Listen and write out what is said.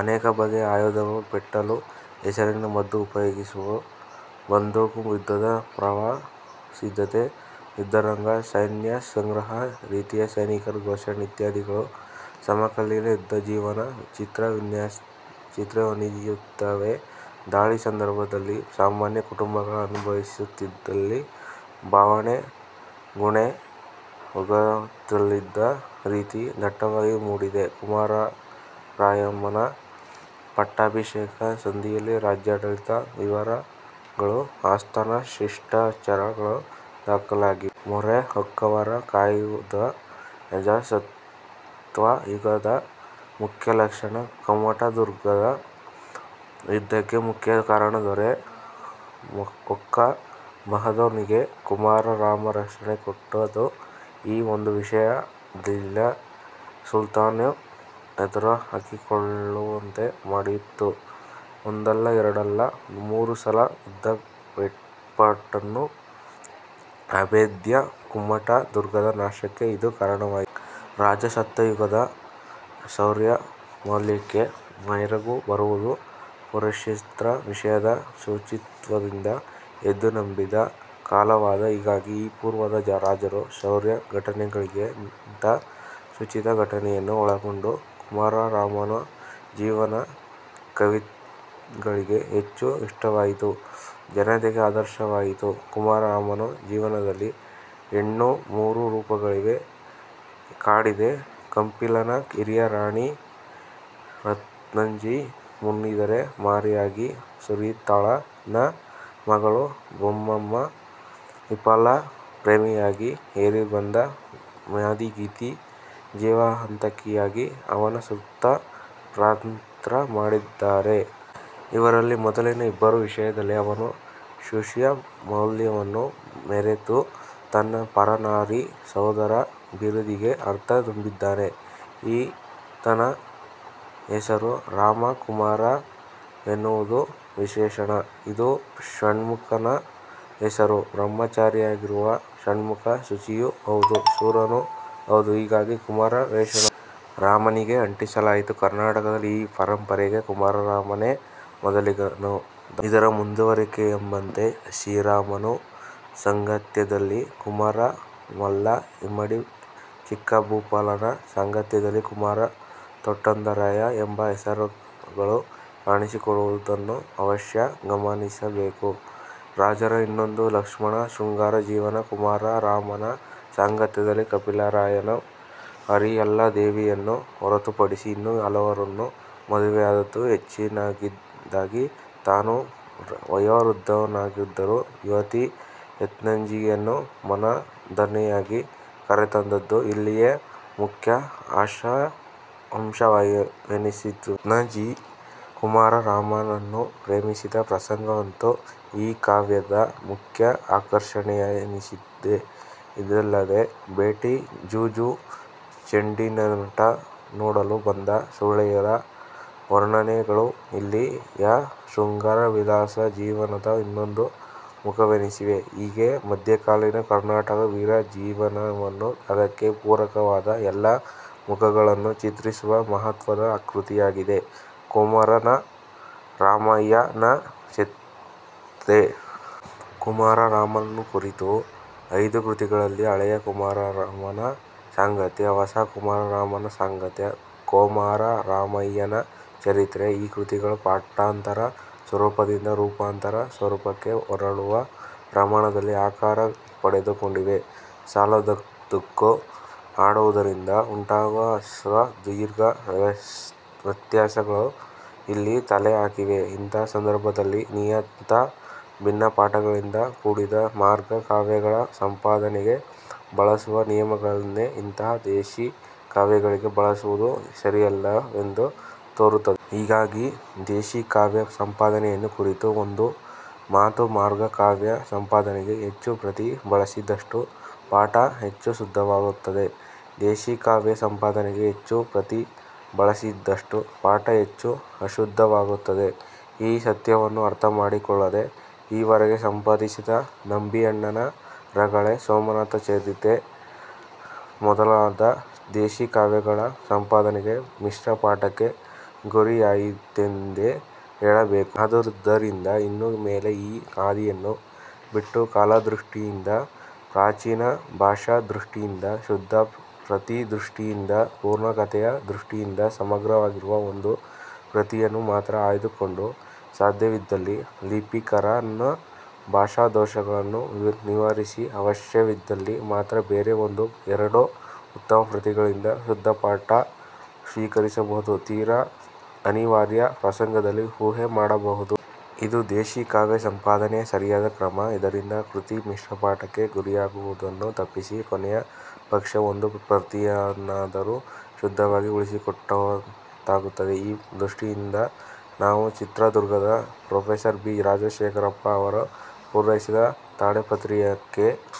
ಅನೇಕ ಬಗೆಯ ಆಯುಧಗಳು, ಪೆಟಲು ಹೆಸರಿನ ಮದ್ದು ಉಪಯೋಗಿಸುವ ಬಂದೂಕು, ಯುದ್ಧದ ಪೂರ್ವಸಿದ್ಧತೆ, ಯುದ್ಧರಂಗ, ಸೈನ್ಯಸಂಗ್ರಹ ರೀತಿ, ಸೈನಿಕರ ಪೋಷಣೆ ಇತ್ಯಾದಿಗಳು ಸಮಕಾಲೀನ ಯುದ್ಧ ಜೀವನದ ಚಿತ್ರವನ್ನೀಯುತ್ತವೆ. ದಾಳಿ ಸಂದರ್ಭದಲ್ಲಿ ಸಾಮಾನ್ಯ ಕುಟುಂಬಗಳು ಅನುಭವಿಸುತ್ತಲಿದ್ದ ಬವಣೆ, ಗುಣೆ ಹೋಗುತ್ತಲಿದ್ದ ರೀತಿ ದಟ್ಟವಾಗಿ ಮೂಡಿದೆ. ಕುಮಾರರಾಮನ ಪಟ್ಟಾಭಿಷೇಕ ಸಂಧಿಯಲ್ಲಿ ರಾಜ್ಯಾಡಳಿತ ವಿವರಗಳು, ಆಸ್ಥಾನದ ಶಿಷ್ಟಾಚಾರಗಳು ದಾಖಲಾಗಿವೆ. ಮೊರೆ ಹೊಕ್ಕವರ ಕಾಯ್ವದು ರಾಜಸತ್ತಾಯುಗದ ಮುಖ್ಯ ಲಕ್ಷಣ. ಕುಮ್ಮಟದುರ್ಗದ ಯುದ್ಧಕ್ಕೆ ಮುಖ್ಯ ಕಾರಣ, ಮೊರೆ ಹೊಕ್ಕ ಬಹಾದ್ದೂರ ನಿಗೆ ಕುಮಾರರಾಮ ರಕ್ಷಣೆ ಕೊಟ್ಟುದು. ಈ ಒಂದು ವಿಷಯ ದಿಲ್ಲಿ ಸುಲ್ತಾನನ್ನು ಎದುರುಹಾಕಿಕೊಳ್ಳುವಂತೆ ಮಾಡಿತು. ಒಂದಲ್ಲ, ಎರಡಲ್ಲ, ಮೂರು ಸಲ ಯುದ್ಧವೇರ್ಪಟ್ಟು, ಅಭೇದ್ಯ ಕುಮ್ಮಟ ದುರ್ಗದ ನಾಶಕ್ಕೆ ಇದು ಕಾರಣವಾಯಿತು. ರಾಜಸತ್ತಾಯುಗದ ಶೌರ್ಯಮೌಲ್ಯಕ್ಕೆ ಮೆರಗು ಬರುವುದು ಪರಸ್ತ್ರೀ ವಿಷಯದ ಶುಚಿತ್ವದಿಂದ- ಎಂದು ನಂಬಿದ್ದ ಕಾಲವದು. ಹೀಗಾಗಿ ಈ ಪೂರ್ವದ ರಾಜರ ಶೌರ್ಯಘಟನೆಗಳಿಗಿಂತ ಶುಚಿಘಟನೆಯನ್ನೂ ಒಳಗೊಂಡ ಕುಮಾರರಾಮನ ಜೀವನ ಕವಿಗಳಿಗೆ ಹೆಚ್ಚು ಇಷ್ಟವಾಯಿತು, ಜನತೆಗೆ ಆದರ್ಶವಾಯಿತು. ಕುಮಾರರಾಮನ ಜೀವನದಲ್ಲಿ ಹೆಣ್ಣು ಮೂರು ರೂಪಗಳಲ್ಲಿ ಕಾಡಿದೆ. ಕಂಪಿಲನ ಕಿರಿಯ ರಾಣಿ ರತ್ನಾಜಿ 'ಮುನಿದರೆ ಮಾರಿಯಾಗಿ', ಸರಿತಾಳನ ಮಗಳು ಬಾಬಮ್ಮ 'ವಿಫಲ ಪ್ರೇಮಿಯಾಗಿ', ಏರಿಬಂದ ಮಾದಿಗಿತ್ತಿ 'ಜೀವಹಂತಕಿಯಾಗಿ' ಅವನ ಸುತ್ತ ಪಾತ್ರವಾಡಿದ್ದಾರೆ. ಇವರಲ್ಲಿ ಮೊದಲಿನ ಇಬ್ಬರ ವಿಷಯದಲ್ಲಿ ಅವನು ಶುಷಿಮೌಲ್ಯವನ್ನು ಮೆರೆದು, ತನ್ನ 'ಪರನಾರಿ ಸೋದರ' ಬಿರುದಿಗೆ ಅರ್ಥ ತುಂಬಿದ್ದಾನೆ. ಈತನ ಹೆಸರು ರಾಮ. 'ಕುಮಾರ'ವೆನ್ನುವುದು ವಿಶೇಷಣ. ಇದು ಷಣ್ಮುಖನ ಹೆಸರು. ಬ್ರಹ್ಮಚಾರಿಯಾಗಿರುವ ಷಣ್ಮುಖ ಶುಚಿಯೂ ಹೌದು, ಶೂರನೂ ಹೌದು. ಹೀಗಾಗಿ 'ಕುಮಾರ' ವಿಶೇಷಣವನ್ನು ರಾಮನಿಗೆ ಅಂಟಿಸಲಾಯಿತು. ಕರ್ನಾಟಕದಲ್ಲಿ ಈ ಪರಂಪರೆಗೆ ಕುಮಾರರಾಮನೇ ಮೊದಲಿಗನಾದ. ಇದರ ಮುಂದುವರಿಕೆಯೆಂಬಂತೆ ಸಿರುಮನ ಸಾಂಗತ್ಯದಲ್ಲಿ ಕುಮಾರಮಲ್ಲ, ಇಮ್ಮಡಿ ಚಿಕ್ಕಭೂಪಾಲನ ಸಾಂಗತ್ಯದಲ್ಲಿ ಕುಮಾರ ತೋಂಟದರಾಯ ಎಂಬ ಹೆಸರುಗಳು ಕಾಣಿಸಿಕೊಳ್ಳುವುದನ್ನು ಅವಶ್ಯ ಗಮನಿಸಬೇಕು. ರಾಜರ ಇನ್ನೊಂದು ಲಕ್ಷಣ 'ಶೃಂಗಾರ ಜೀವನ'. ಕುಮಾರರಾಮನ ಸಾಂಗತ್ಯದಲ್ಲಿ ಕಂಪಿಲರಾಯನು ಹರಿಯಲದೇವಿಯನ್ನು ಹೊರತುಪಡಿಸಿ, ಇನ್ನೂ ಹಲವರನ್ನು ಮದುವೆಯಾದುದು, ಹೆಚ್ಚಿನದಾಗಿ ತಾನು ವಯೋವೃದ್ಧನಾಗಿದ್ದರೂ ಯುವತಿ ರತ್ನಾಜಿಯನ್ನು ಮನದನ್ನೆಯಾಗಿ ಕರೆತಂದುದು, ಇಲ್ಲಿಯ ಮುಖ್ಯ ಅಂಶವೆನಿಸಿವೆ. ರತ್ನಾಝಿ ಕುಮಾರ ರಾಮನನ್ನು ಪ್ರೇಮಿಸಿದ ಪ್ರಸಂಗವಂತೂ ಈ ಕಾವ್ಯದ ಮುಖ್ಯ ಆಕರ್ಷಣೆಯೆನಿಸಿದೆ. ಇದಲ್ಲದೆ ಬೇಟೆ, ಜೂಜು, ಚೆಂಡಿನಾಟ ನೋಡಲು ಬಂದ ಸೂಳೆಯರ ವರ್ಣನೆಗಳು ಇಲ್ಲಿಯ ಶೃಂಗಾರ ವಿಲಾಸ ಜೀವನದ ಇನ್ನೊಂದು ಮುಖವೆನಿಸಿವೆ. ಹೀಗೆ ಮಧ್ಯಕಾಲೀನ ಕರ್ನಾಟಕದ ವೀರಜೀವನವನ್ನು, ಅದಕ್ಕೆ ಪೂರಕವಾದ ಎಲ್ಲ ಮುಖಗಳನ್ನು ಚಿತ್ರಿಸುವ ಮಹತ್ವದ ಕೃತಿಯಾಗಿದೆ, 'ಕೊಮಾರ ರಾಮಯ್ಯನ ಚರಿತ್ರೆ'. ಕುಮಾರರಾಮನನ್ನು ಕುರಿತ ಐದು ಕೃತಿಗಳಲ್ಲಿ ಹಳೆಯ ಕುಮಾರರಾಮನ ಸಾಂಗತ್ಯ, ಹೊಸ ಕುಮಾರರಾಮನ ಸಾಂಗತ್ಯ, ಕೊಮಾರರಾಮಯ್ಯನ ಚರಿತ್ರೆ- ಈ ಕೃತಿಗಳು ಪಾಠಾಂತರ ಸ್ವರೂಪದಿಂದ ರೂಪಾಂತರ ಸ್ವರೂಪಕ್ಕೆ ಹೊರಳುವ ಪ್ರಮಾಣದಲ್ಲಿ ಆಕಾರ ಪಡೆದುಕೊಂಡಿವೆ. ಸಾಲದುದಕ್ಕೆ ಹಾಡುವುದರಿಂದ ಉಂಟಾಗುವ ಹ್ರಸ್ವದೀರ್ಘ ವ್ಯತ್ಯಾಸಗಳೂ ಇಲ್ಲಿ ತಲೆಹಾಕಿವೆ. ಇಂಥ ಸಂದರ್ಭದಲ್ಲಿ ನಿಯತ ಭಿನ್ನಪಾಠಗಳಿಂದ ಕೂಡಿದ ಮಾರ್ಗ ಕಾವ್ಯಗಳ ಸಂಪಾದನೆಗೆ ಬಳಸುವ ನಿಯಮಗಳನ್ನೇ ಇಂಥ ದೇಶೀಕಾವ್ಯಗಳಿಗೆ ಬಳಸುವುದು ಸರಿಯಲ್ಲವೆಂದು ತೋರುತ್ತದೆ. ಹೀಗಾಗಿ ದೇಶೀಕಾವ್ಯ ಸಂಪಾದನೆಯನ್ನು ಕುರಿತು ಒಂದು ಮಾತು: ಮಾರ್ಗಕಾವ್ಯ ಸಂಪಾದನೆಗೆ ಹೆಚ್ಚು ಪ್ರತಿ ಬಳಸಿದಷ್ಟೂ ಪಾಠ ಹೆಚ್ಚು ಶುದ್ಧವಾಗುತ್ತದೆ. ದೇಶೀಕಾವ್ಯ ಸಂಪಾದನೆಗೆ ಹೆಚ್ಚು ಪ್ರತಿ ಬಳಸಿದ್ದಷ್ಟೂ ಪಾಠ ಹೆಚ್ಚು ಅಶುದ್ಧವಾಗುತ್ತದೆ. ಈ ಸತ್ಯವನ್ನು ಅರ್ಥಮಾಡಿಕೊಳ್ಳದೆ ಈವರೆಗೆ ಸಂಪಾದಿಸಿದ ನಂಬಿಯಣ್ಣನ ರಗಳೆ, ಸೋಮನಾಥ ಚಾರಿತ್ರ ಮೊದಲಾದ ದೇಶೀ ಕಾವ್ಯಗಳ ಸಂಪಾದನೆ ಮಿಶ್ರಪಾಠಕ್ಕೆ ಗುರಿಯಾಯಿತೆಂದೇ ಹೇಳಬೇಕು. ಆದುದರಿಂದ ಇನ್ನು ಮೇಲೆ ಈ ಹಾದಿಯನ್ನು ಬಿಟ್ಟು ಕಾಲದೃಷ್ಟಿಯಿಂದ ಪ್ರಾಚೀನ, ಭಾಷಾದೃಷ್ಟಿಯಿಂದ ಶುದ್ಧ, ಪ್ರತಿದೃಷ್ಟಿಯಿಂದ ಪೂರ್ಣ ಕಥೆಯ ದೃಷ್ಟಿಯಿಂದ ಸಮಗ್ರವಾಗಿರುವ ಒಂದು ಪ್ರತಿಯನ್ನು ಮಾತ್ರ ಆಯ್ದುಕೊಂಡು ಸಾಧ್ಯವಿದ್ದಲ್ಲಿ ಲಿಪಿಕಾರನ ಭಾಷಾದೋಷಗಳನ್ನು ನಿವಾರಿಸಿ, ಅವಶ್ಯವಿದ್ದಲ್ಲಿ ಮಾತ್ರ ಬೇರೆ ಒಂದೋ ಎರಡೋ ಉತ್ತಮ ಪ್ರತಿಗಳಿಂದ ಶುದ್ಧಪಾಠ ಸ್ವೀಕರಿಸಬಹುದು. ತೀರ ಅನಿವಾರ್ಯ ಪ್ರಸಂಗದಲ್ಲಿ ಊಹೆ ಮಾಡಬಹುದು. ಇದು ದೇಶೀಕಾವ್ಯ ಸಂಪಾದನೆಯ ಸರಿಯಾದ ಕ್ರಮ. ಇದರಿಂದ ಕೃತಿ ಮಿಶ್ರಪಾಠಕ್ಕೆ ಗುರಿಯಾಗುವುದನ್ನು ತಪ್ಪಿಸಿ, ಕೊನೆಯ ಪಕ್ಷ ಒಂದು ಪ್ರತಿಯನ್ನಾದರೂ ಶುದ್ಧವಾಗಿ ಉಳಿಸಿಕೊಟ್ಟಂತಾಗುತ್ತದೆ. ಈ ದೃಷ್ಟಿಯಿಂದ ನಾವು ಚಿತ್ರದುಗ್ಗದ ಪ್ರೊಫೆಸರ್. ಬಿ. ರಾಜಶೇಖರಪ್ಪ ಅವರು ಪೂರೈಸಿದ ತಾಳೆಪ್ರತಿಯನ್ನು